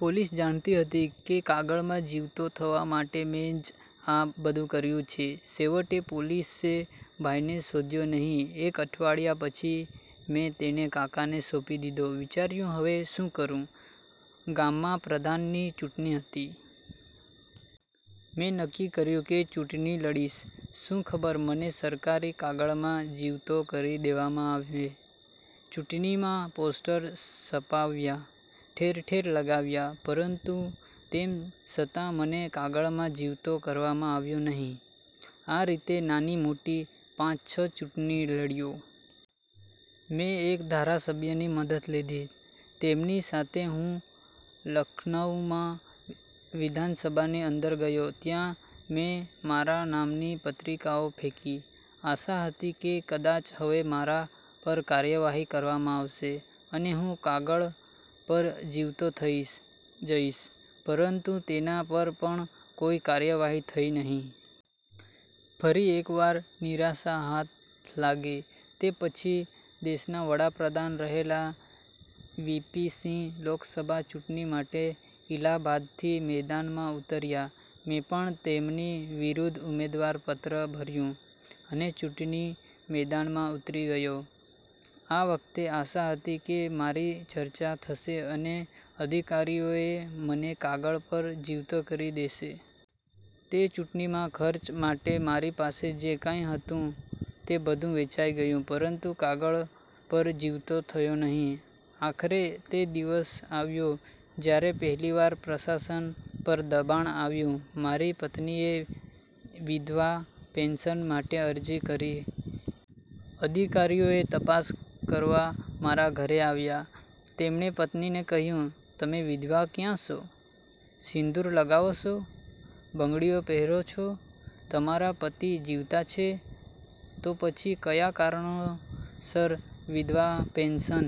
"Police જાણતી હતી કે કાગળમાં જીવતો થવા માટે મેં જ આ બધું કર્યું છે. છેવટે, પોલીસે ભાઈને શોધ્યો નહીં. એક અઠવાડિયા પછી મેં તેને કાકાને સોંપી દીધો. વિચાર્યું હવે શું કરું? ગામમાં પ્રધાનની ચૂંટણી હતી. મેં નક્કી કર્યું કે ચૂંટણી લડીશ, શું ખબર મને સરકારી કાગળમાં જીવતો કરી દેવામાં આવે. ચૂંટણીમાં પોસ્ટર છપાવ્યા. ઠેર-ઠેર લગાવ્યા, પરંતુ તેમ છતાં મને કાગળમાં જીવતો કરવામાં આવ્યો નહીં. આ રીતે નાની-મોટી પાંચ-છ ચૂંટણી લડ્યો. મેં એક ધારાસભ્યની મદદ લીધી. તેમની સાથે હું લખનઉમાં વિધાનસભાની અંદર ગયો. ત્યાં મેં મારા નામની પત્રિકાઓ ફેંકી. આશા હતી કે કદાચ હવે મારા પર કાર્યવાહી કરવામાં આવશે, અને હું કાગળ પર જીવતો થઈ જઈશ, પરંતુ તેના પર પણ કોઈ કાર્યવાહી થઈ નહીં. ફરી એકવાર નિરાશા હાથ લાગી. તે પછી દેશના વડાપ્રધાન રહેલા વીપી સિંહ લોકસભા ચૂંટણી માટે ઇલાહાબાદથી મેદાનમાં ઉતર્યા. મેં પણ તેમની વિરુદ્ધ ઉમેદવારી પત્ર ભર્યું, અને ચૂંટણી મેદાનમાં ઉતરી ગયો. આ વખતે આશા હતી કે મારી ચર્ચા થશે અને અધિકારીઓ મને કાગળ પર જીવતો કરી દેશે. તે ચૂંટણીમાં ખર્ચ માટે મારી પાસે જે કંઈ હતું તે બધું વેચાઈ ગયું, પરંતુ કાગળ પર જીવતો થયો નહીં. આખરે, તે દિવસ આવ્યો જ્યારે પહેલીવાર પ્રશાસન પર દબાણ આવ્યું. મારી પત્નીએ વિધવા પેન્શન માટે અરજી કરી. અધિકારીઓ તપાસ કરવા મારા ઘરે આવ્યા. તેમણે પત્નીને કહ્યું, "તમે વિધવા ક્યાં છો? સિંદૂર લગાવો છો, બંગડીઓ પહેરો છો, તમારા પતિ જીવતા છે, તો પછી કયા કારણસર વિધવા પેન્શન?"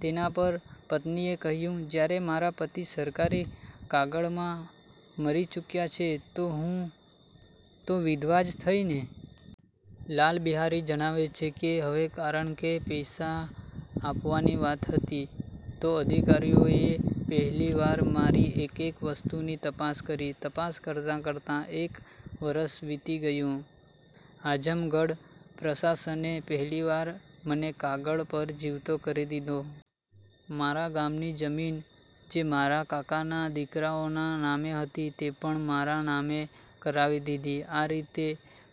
તેના પર પત્નીએ કહ્યું, "જ્યારે મારા પતિ સરકારી કાગળમાં મરી ચૂક્યા છે, તો હું તો વિધવા જ થઈ ને?" લાલા બિહારી જણાવે છે કે, "હવે કારણ કે પૈસા આપવાની વાત હતી, તો અધિકારીઓએ પહેલીવાર મારી એક-એક વસ્તુની તપાસ કરી. તપાસ કરતા-કરતા એક વર્ષ વીતી ગયું. આઝમગઢ પ્રશાસને પહેલીવાર મને કાગળ પર જીવતો કરી દીધો. મારા ગામની જમીન, જે મારા કાકાના દીકરાઓના નામે હતી, તે પણ મારા નામે કરાવી દીધી. આ રીતે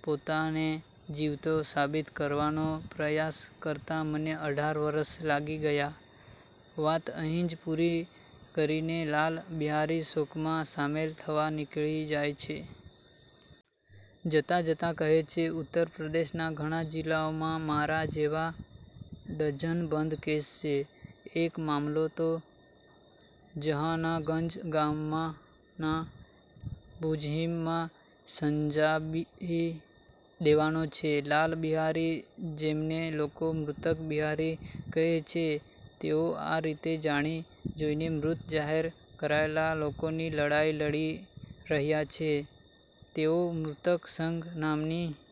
પોતાને જીવતો સાબિત કરવાનો પ્રયાસ કરતા મને અઢાર વર્ષ લાગી ગયા." વાત અહીં જ પૂરી કરીને લાલ બિહારી શોકમાં સામેલ થવા નીકળી જાય છે. જતા-જતા કહે છે, "ઉત્તર પ્રદેશના ઘણા જિલ્લાઓમાં મારા જેવા ડઝનબંધ કેસ છે. એક મામલો તો જહાનાગંજ ગામના ભુજહીંમાં સંજાફી દેવીનો છે." લાલ બિહારી, જેમને લોકો 'મૃતક બિહારી' કહે છે, તેઓ આ રીતે જાણી જોઈને મૃત જાહેર કરાયેલા લોકોની લડાઈ લડી રહ્યા છે. તેઓ 'મૃતક સંઘ' નામની